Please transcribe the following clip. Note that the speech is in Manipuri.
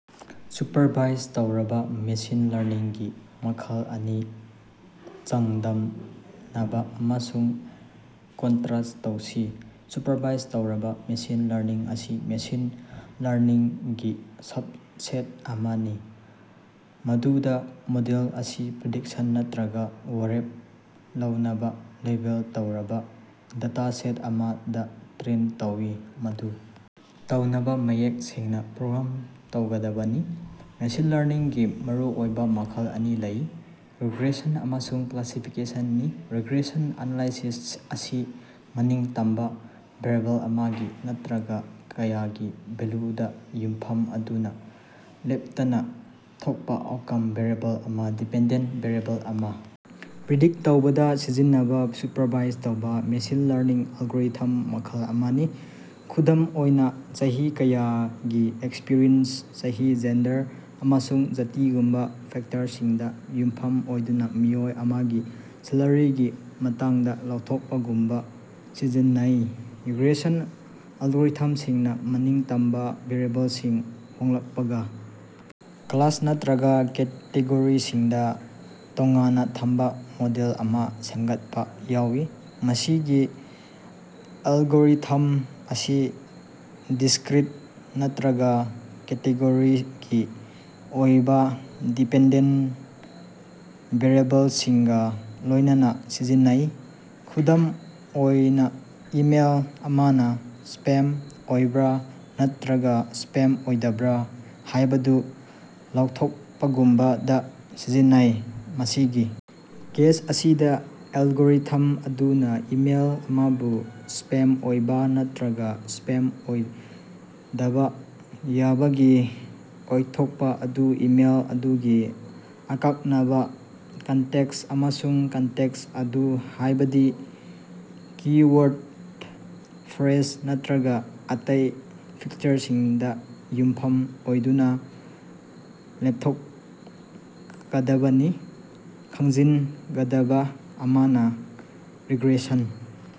ꯁꯨꯄꯔꯚꯥꯏꯖ ꯇꯧꯔꯕꯥ ꯃꯦꯁꯤꯟ ꯂꯔꯅꯤꯡꯒꯤ ꯃꯈꯜ ꯑꯅꯤ ꯆꯥꯡꯗꯝꯅꯕꯥ ꯑꯃꯁꯨꯡ ꯀꯟꯇ꯭ꯔꯦꯁ ꯇꯧꯁꯤ꯫ ꯁꯨꯄꯔꯚꯥꯏꯖ ꯇꯧꯔꯕꯥ ꯃꯦꯁꯤꯟ ꯂꯔꯅꯤꯡ ꯑꯁꯤ ꯃꯦꯁꯤꯟ ꯂꯔꯅꯤꯡꯒꯤ ꯁꯕꯁꯦꯠ ꯑꯃꯅꯤ ꯃꯗꯨꯗꯥ ꯃꯣꯗꯦꯜ ꯑꯁꯤ ꯄ꯭ꯔꯤꯗꯤꯛꯁꯟ ꯅꯠꯇ꯭ꯔꯒꯥ ꯋꯥꯔꯦꯞ ꯂꯧꯅꯕꯥ ꯂꯦꯕꯦꯜ ꯇꯧꯔꯕꯥ ꯗꯦꯇꯥꯁꯦꯠ ꯑꯃꯗꯥ ꯇ꯭ꯔꯦꯟ ꯇꯧꯏ, ꯃꯗꯨ ꯇꯧꯅꯕꯥ ꯃꯌꯦꯛ ꯁꯦꯡꯅꯥ ꯄ꯭ꯔꯣꯒ꯭ꯔꯥꯝ ꯇꯧꯒꯗꯕꯅꯤ꯫ ꯃꯦꯁꯤꯟ ꯂꯔꯅꯤꯡꯒꯤ ꯃꯔꯨꯑꯣꯏꯕꯥ ꯃꯈꯜ ꯑꯅꯤ ꯂꯩ: ꯔꯤꯒ꯭ꯔꯦꯁꯟ ꯑꯃꯁꯨꯡ ꯀ꯭ꯂꯥꯁꯤꯐꯤꯀꯦꯁꯟꯅꯤ꯫ ꯔꯤꯒ꯭ꯔꯦꯁꯟ ꯑꯦꯅꯥꯂꯥꯏꯁꯤꯁ ꯑꯁꯤ ꯃꯅꯤꯡꯇꯝꯕꯥ ꯚꯦꯔꯤꯑꯦꯕꯜ ꯑꯃꯒꯤ ꯅꯠꯇ꯭ꯔꯒꯥ ꯀꯌꯥꯒꯤ ꯚꯦꯜꯂꯨꯗꯥ ꯌꯨꯝꯐꯝ ꯑꯣꯏꯗꯨꯅꯥ ꯂꯦꯞꯇꯅꯥ ꯊꯣꯛꯄꯥ ꯑꯥꯎꯠꯀꯝ ꯚꯦꯔꯤꯑꯦꯕꯜ ꯑꯃꯥ ꯗꯤꯄꯦꯟꯗꯦꯟꯇ ꯚꯦꯔꯤꯑꯦꯕꯜ ꯑꯃꯥ ꯄ꯭ꯔꯤꯗꯤꯛꯇ ꯇꯧꯕꯗꯥ ꯁꯤꯖꯤꯟꯅꯕꯥ ꯁꯨꯄꯔꯚꯥꯏꯖ ꯇꯧꯔꯕꯥ ꯃꯦꯁꯤꯟ ꯂꯔꯅꯤꯡ ꯑꯦꯜꯒꯣꯔꯤꯊꯝ ꯃꯈꯜ ꯑꯃꯅꯤ꯫ ꯈꯨꯗꯝ ꯑꯣꯏꯅꯥ, ꯆꯍꯤ ꯀꯌꯥꯒꯤ ꯑꯦꯛꯁꯄꯤꯔꯤꯑꯦꯟꯁ, ꯆꯍꯤ, ꯖꯦꯟꯗꯔ ꯑꯃꯁꯨꯡ ꯖꯥꯇꯤꯒꯨꯝꯕꯥ ꯐꯦꯛꯇꯔꯁꯤꯡꯗꯥ ꯌꯨꯝꯐꯝ ꯑꯣꯏꯗꯨꯅꯥ ꯃꯤꯑꯣꯏ ꯑꯃꯒꯤ ꯁꯦꯂꯔꯤꯒꯤ ꯃꯇꯥꯡꯗꯥ ꯂꯥꯎꯊꯣꯛꯄꯥꯒꯨꯝꯕꯗꯥ ꯁꯤꯖꯤꯟꯅꯩ꯫ ꯔꯤꯒ꯭ꯔꯦꯁꯟ ꯑꯦꯜꯒꯣꯔꯤꯊꯝꯁꯤꯡꯅꯥ ꯃꯅꯤꯡꯇꯝꯕꯥ ꯚꯦꯔꯤꯑꯦꯕꯜꯁꯤꯡ ꯍꯣꯡꯂꯛꯄꯒꯥ ꯀ꯭ꯂꯥꯁ ꯅꯠꯇ꯭ꯔꯒꯥ ꯀꯦꯇꯦꯒꯣꯔꯤꯁꯤꯡꯗꯥ ꯇꯣꯉꯥꯟꯅꯥ ꯊꯝꯕꯥ ꯃꯣꯗꯦꯜ ꯑꯃꯥ ꯁꯦꯝꯒꯠꯄꯥ ꯌꯥꯎꯏ꯫ ꯃꯁꯤꯒꯤ ꯑꯦꯜꯒꯣꯔꯤꯊꯝ ꯑꯁꯤ ꯗꯤꯁꯀ꯭ꯔꯤꯠ ꯅꯠꯇ꯭ꯔꯒꯥ ꯀꯦꯇꯦꯒꯣꯔꯤꯒꯤ ꯑꯣꯏꯕꯥ ꯗꯤꯄꯦꯟꯗꯦꯟꯇ ꯚꯦꯔꯤꯑꯦꯕꯜꯁꯤꯡꯒꯥ ꯂꯣꯏꯅꯅꯥ ꯁꯤꯖꯤꯟꯅꯩ꯫ ꯈꯨꯗꯝ ꯑꯣꯏꯅꯥ, ꯏꯃꯦꯜ ꯑꯃꯅꯥ ꯁ꯭ꯄꯦꯝ ꯑꯣꯏꯕ꯭ꯔꯥ ꯅꯠꯇ꯭ꯔꯒꯥ ꯁ꯭ꯄꯦꯝ ꯑꯣꯏꯗꯕ꯭ꯔꯥ ꯍꯥꯏꯕꯗꯨ ꯂꯥꯎꯊꯣꯛꯄꯥꯒꯨꯝꯕꯗꯥ ꯁꯤꯖꯤꯟꯅꯩ꯫ ꯃꯁꯤꯒꯤ ꯀꯦꯁ ꯑꯁꯤꯗꯥ, ꯑꯦꯜꯒꯣꯔꯤꯊꯝ ꯑꯗꯨꯅꯥ ꯏꯃꯦꯜ ꯑꯃꯕꯨ ꯁ꯭ꯄꯦꯝ ꯑꯣꯏꯕꯥ ꯅꯠꯇ꯭ꯔꯒꯥ ꯁ꯭ꯄꯦꯝ ꯑꯣꯏꯗꯕꯥ ꯌꯥꯕꯒꯤ ꯑꯣꯏꯊꯣꯛꯄꯥ ꯑꯗꯨ ꯏꯃꯦꯜ ꯑꯗꯨꯒꯤ ꯑꯀꯛꯅꯕꯥ ꯀꯟꯇꯦꯟꯇ ꯑꯃꯁꯨꯡ ꯀꯟꯇꯦꯛꯁ ꯑꯗꯨ ꯍꯥꯏꯕꯗꯤ ꯀꯤ-ꯋꯥꯔꯗ, ꯐ꯭ꯔꯦꯖ ꯅꯠꯇ꯭ꯔꯒꯥ ꯑꯇꯩ ꯐꯤꯆꯔꯁꯤꯡꯗꯥ ꯌꯨꯝꯐꯝ ꯑꯣꯏꯗꯨꯅꯥ ꯂꯦꯞꯊꯣꯛꯀꯗꯕꯅꯤ꯫ ꯈꯪꯖꯤꯟꯒꯗꯕꯥ ꯑꯃꯅꯥ, ꯔꯤꯒ꯭ꯔꯦꯁꯟ